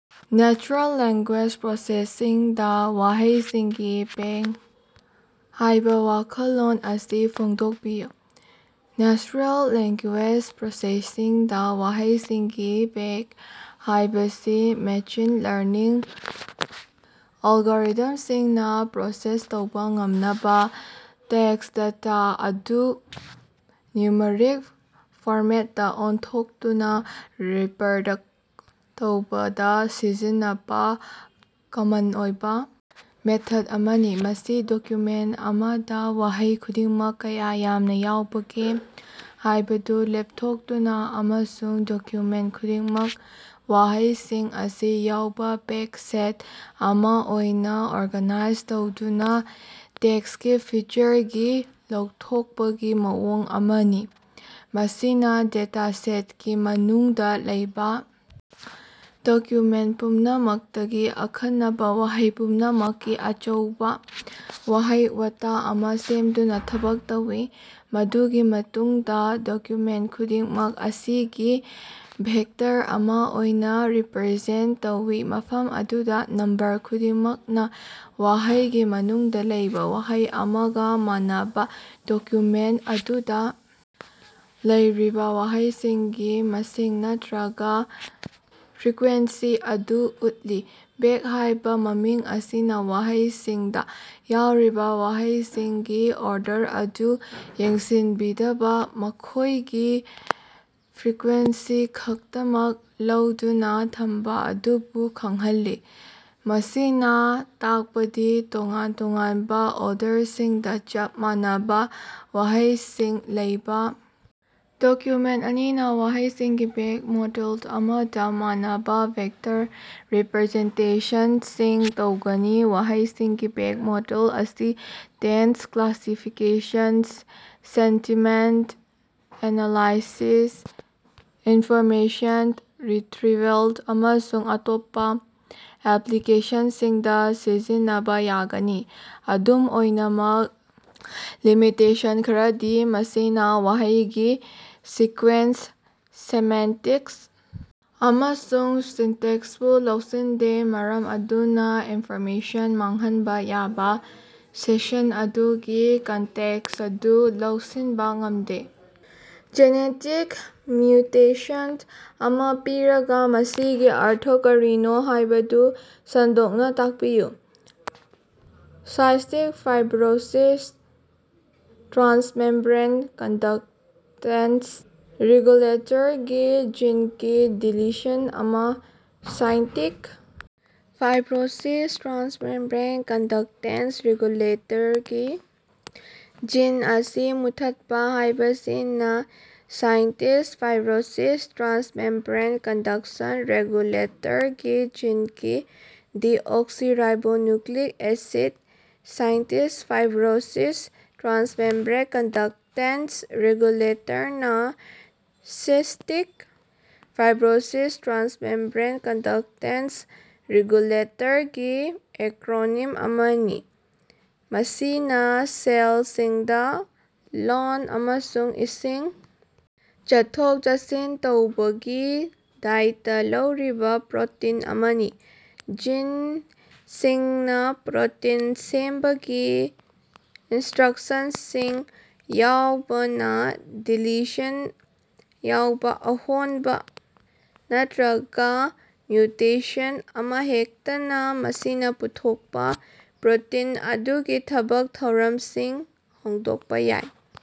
Natural language ꯄ꯭ꯔꯣꯁꯦꯁꯤꯡꯗꯥ ꯋꯥꯍꯩꯁꯤꯡꯒꯤ bag ꯍꯥꯏꯕ ꯋꯥꯈꯜꯂꯣꯟ ꯑꯁꯤ ꯐꯣꯡꯗꯣꯛꯄꯤꯌꯨ꯫ ꯅꯦꯆꯔꯦꯜ ꯂꯦꯡꯒꯨꯌꯦꯖ ꯄ꯭ꯔꯣꯁꯦꯁꯤꯡ ꯗꯥ ꯋꯥꯍꯩꯁꯤꯡꯒꯤ ꯕꯦꯒ ꯍꯥꯏꯕꯁꯤ ꯃꯦꯁꯤꯟ ꯂꯔꯅꯤꯡ ꯑꯦꯜꯒꯣꯔꯤꯊꯝꯁꯤꯡꯅ ꯄ꯭ꯔꯣꯁꯦꯁ ꯇꯧꯕ ꯉꯝꯅꯕ ꯇꯦꯛꯁ ꯗꯦꯇꯥ ꯑꯗꯨ ꯅ꯭ꯌꯨꯃꯔꯤꯛ ꯐꯣꯔꯃꯦꯠꯇꯥ ꯑꯣꯟꯊꯣꯛꯇꯨꯅ ꯔꯤꯄꯔꯗꯛ ꯇꯧꯕꯗ ꯁꯤꯖꯤꯟꯅꯕ ꯀꯃꯟ ꯑꯣꯏꯕ ꯃꯦꯊꯗ ꯑꯃꯅꯤ꯫ ꯃꯁꯤ ꯗꯣꯀ꯭ꯌꯨꯃꯦꯟ ꯑꯃꯗ ꯋꯥꯍꯩ ꯈꯨꯗꯤꯡꯃꯛ ꯀꯌꯥ ꯌꯥꯝꯅ ꯌꯥꯎꯕꯒꯦ ꯍꯥꯏꯕꯗꯨ ꯂꯦꯞꯊꯣꯛꯇꯨꯅ, ꯑꯃꯁꯨꯡ ꯗꯣꯀ꯭ꯌꯨꯃꯦꯟ ꯈꯨꯗꯤꯡꯃꯛ ꯋꯥꯍꯩꯁꯤꯡ ꯑꯁꯤ ꯌꯥꯎꯕꯥ ꯕꯦꯒ ꯁꯦꯠ ꯑꯃꯥ ꯑꯣꯏꯅꯥ ꯑꯣꯔꯒꯥꯅꯥꯏꯖ ꯇꯧꯗꯨꯅ ꯇꯦꯛꯁꯇꯒꯤ ꯐꯤꯆꯔꯁꯤꯡ ꯂꯧꯊꯣꯛꯄꯒꯤ ꯃꯑꯣꯡ ꯑꯃꯅꯤ꯫ ꯃꯁꯤꯅ ꯗꯦꯇꯥꯁꯦꯠꯀꯤ ꯃꯅꯨꯡꯗ ꯂꯩꯕꯥ ꯗꯣꯀ꯭ꯌꯨꯃꯦꯟ ꯄꯨꯝꯅꯃꯛꯇꯒꯤ ꯑꯈꯟꯅꯕ ꯋꯥꯍꯩ ꯄꯨꯝꯅꯃꯛꯀꯤ ꯑꯆꯧꯕ ꯋꯥꯍꯩ-ꯋꯥꯇꯥ ꯑꯃꯥ ꯁꯦꯝꯗꯨꯅ ꯊꯕꯛ ꯇꯧꯏ, ꯃꯗꯨꯒꯤ ꯃꯇꯨꯡꯗ ꯗꯣꯀ꯭ꯌꯨꯃꯦꯟ ꯈꯨꯗꯤꯡꯃꯛ ꯃꯁꯤꯡꯒꯤ ꯚꯦꯛꯇꯔ ꯑꯃꯥ ꯑꯣꯏꯅꯥ ꯔꯤꯄꯔꯖꯦꯟ ꯇꯧꯏ, ꯃꯐꯝ ꯑꯗꯨꯗ ꯅꯝꯕꯔ ꯈꯨꯗꯤꯡꯃꯛꯅ ꯋꯥꯍꯩꯒꯤ ꯃꯅꯨꯡꯗ ꯂꯩꯕꯥ ꯋꯥꯍꯩ ꯑꯃꯒ ꯃꯥꯟꯅꯕ ꯗꯣꯀ꯭ꯌꯨꯃꯦꯟ ꯑꯗꯨꯗꯥ ꯂꯩꯔꯤꯕ ꯋꯥꯍꯩꯁꯤꯡꯒꯤ ꯃꯁꯤꯡ ꯅꯠꯇꯔꯒ ꯐ꯭ꯔꯤꯀ꯭ꯋ‌ꯦꯟꯁꯤ ꯑꯗꯨ ꯎꯠꯂꯤ꯫ ꯕꯦꯒ ꯍꯥꯏꯕ ꯃꯃꯤꯡ ꯑꯁꯤꯅ ꯋꯥꯍꯩꯁꯤꯡꯗ ꯌꯥꯎꯔꯤꯕ ꯋꯥꯍꯩꯁꯤꯡꯒꯤ ꯑꯣꯔꯗꯔ ꯑꯗꯨ ꯌꯦꯡꯁꯤꯟꯕꯤꯗꯕ, ꯃꯈꯣꯏꯒꯤ ꯐ꯭ꯔꯤꯀ꯭ꯋ‌ꯦꯟꯁꯤ ꯈꯛꯇꯃꯛ ꯂꯧꯗꯨꯅ ꯊꯝꯕ ꯑꯗꯨꯕꯨ ꯈꯪꯍꯜꯂꯤ꯫ ꯃꯁꯤꯅ ꯇꯥꯛꯄꯗꯤ ꯇꯣꯉꯥꯟ ꯇꯣꯉꯥꯟꯕ ꯑꯣꯔꯗꯔꯁꯤꯡꯗ ꯆꯞ ꯃꯥꯟꯅꯕ ꯋꯥꯍꯩꯁꯤꯡ ꯂꯩꯕ ꯗꯣꯀꯨꯃꯦꯟ ꯑꯅꯤꯅ ꯋꯥꯍꯩꯁꯤꯡꯒꯤ ꯕꯦꯒ ꯃꯣꯗꯦꯜ ꯑꯃꯗ ꯃꯥꯟꯅꯕ ꯚꯦꯛꯇꯔ ꯔꯤꯄꯔꯖꯦꯟꯇꯦꯁꯟꯁꯤꯡ ꯂꯩꯒꯅꯤ꯫ ꯋꯥꯍꯩꯁꯤꯡꯒꯤ ꯕꯦꯒ ꯃꯣꯗꯦꯜ ꯑꯁꯤ text classification, sentiment analysis, information retrieval ꯑꯃꯁꯨꯡ ꯑꯇꯣꯞꯄ ꯑꯦꯄꯂꯤꯀꯦꯁꯟꯁꯤꯡꯗꯥ ꯁꯤꯖꯤꯟꯅꯕ ꯌꯥꯒꯅꯤ꯫ ꯑꯗꯨꯝ ꯑꯣꯏꯅꯃꯛ, ꯂꯤꯃꯤꯇꯦꯁꯟ ꯈꯔꯗꯤ ꯃꯁꯤꯅꯥ ꯋꯥꯍꯩꯒꯤ ꯁꯤꯀ꯭ꯋ‌ꯦꯟꯁ, ꯁꯦꯃꯦꯟꯇꯤꯛꯁ ꯑꯃꯁꯨꯡ ꯁꯤꯟꯇꯦꯛꯁꯄꯨ ꯂꯧꯁꯤꯟꯗꯦ ꯃꯔꯝ ꯑꯗꯨꯅ ꯏꯟꯐꯣꯔꯃꯦꯁꯟ ꯃꯥꯡꯍꯟꯕ ꯌꯥꯕꯥ ꯁꯦꯟꯁꯟ ꯑꯗꯨꯒꯤ ꯀꯟꯇꯦꯛꯁ ꯑꯗꯨ ꯂꯧꯁꯤꯟꯕ ꯉꯝꯗꯦ꯫ ꯖꯦꯅꯦꯇꯤꯛ ꯃ꯭ꯌꯨꯇꯦꯁꯟ ꯑꯃꯥ ꯄꯤꯔꯒ, ꯃꯁꯤꯒꯤ ꯑꯔꯊ ꯀꯔꯤꯅꯣ ꯍꯥꯏꯕꯗꯨ ꯁꯟꯗꯣꯛꯅ ꯇꯥꯛꯄꯤꯌꯨ꯫ ꯁꯥꯏꯁꯇꯤꯛ ꯐꯥꯏꯕꯔ‌ꯣꯁꯤꯁ ꯇ꯭ꯔꯥꯁꯃ‌ꯦꯝꯕ꯭ꯔ‌ꯦꯟ ꯀꯟꯗꯛꯇ‌ꯦꯁ ꯔꯤꯒꯨꯂ‌ꯦꯇꯔꯒꯤ ꯖꯤꯟꯒꯤ ꯗꯤꯂꯤꯁꯟ ꯑꯃꯥ꯫ ꯁꯥꯏꯁꯇꯤꯛ ꯐꯥꯏꯕꯔ‌ꯣꯁꯤꯁ ꯇ꯭ꯔꯥꯁꯃ‌ꯦꯝꯕ꯭ꯔ‌ꯦꯟ ꯀꯟꯗꯛꯇ‌ꯦꯟꯁ ꯔꯤꯒꯨꯂ‌ꯦꯇꯔꯒꯤ ꯖꯤꯟ ꯑꯁꯤ ꯃꯨꯠꯊꯠꯄ ꯍꯥꯏꯕꯁꯤꯅ ꯁꯥꯏꯁꯇꯤꯛ ꯐꯥꯏꯕꯔ‌ꯣꯁꯤꯁ ꯇ꯭ꯔꯥꯁꯃ‌ꯦꯝꯕ꯭ꯔ‌ꯦꯟ ꯀꯟꯗꯛꯇ‌ꯦꯟꯁ ꯔꯤꯒꯨꯂ‌ꯦꯇꯔꯒꯤ ꯖꯤꯟꯒꯤ deoxyribonucleic acid cystic fibrosis transmembrane conductance ꯔꯤꯒꯨꯂ‌ꯦꯇꯔꯅꯥ ꯁꯤꯁ꯭ꯇꯤꯛ ꯐꯥꯏꯕ꯭ꯔꯣꯁꯤꯁ ꯇ꯭ꯔꯥꯟꯁꯃꯦꯝꯕ꯭ꯔꯦꯟ ꯀꯟꯗꯛꯇ‌ꯦꯟꯁ ꯔꯤꯒꯨꯂꯦꯇꯔꯒꯤ ꯑꯦꯀꯔꯣꯅꯤꯝ ꯑꯃꯅꯤ, ꯃꯁꯤꯅ ꯁꯦꯜꯁꯤꯡꯗ ꯂꯣꯟ ꯑꯃꯁꯨꯡ ꯏꯁꯤꯡ ꯆꯠꯊꯣꯛ-ꯆꯠꯁꯤꯟ ꯇꯧꯕꯒꯤ ꯗꯥꯏꯇ ꯂꯧꯔꯤꯕꯥ ꯄ꯭ꯔꯣꯇꯤꯟ ꯑꯃꯅꯤ꯫ ꯖꯤꯟꯁꯤꯡꯗ ꯄ꯭ꯔꯣꯇꯤꯟ ꯁꯦꯝꯕꯒꯤ ꯏꯟꯁ꯭ꯇꯔꯛꯁꯟꯁꯤꯡ ꯌꯥꯎꯕꯅ, ꯗꯤꯂꯤꯁꯟ ꯌꯥꯎꯅ ꯑꯍꯣꯡꯕ ꯅꯠꯇꯔꯒ ꯃ꯭ꯌꯨꯇꯦꯁꯟ ꯑꯃꯍꯦꯛꯇꯅ ꯃꯁꯤꯅ ꯄꯨꯊꯣꯛꯄꯥ ꯄ꯭ꯔꯣꯇꯤꯟ ꯑꯗꯨꯒꯤ ꯊꯕꯛ ꯊꯧꯔꯝꯁꯤꯡ ꯍꯣꯡꯗꯣꯛꯄ ꯌꯥꯏ꯫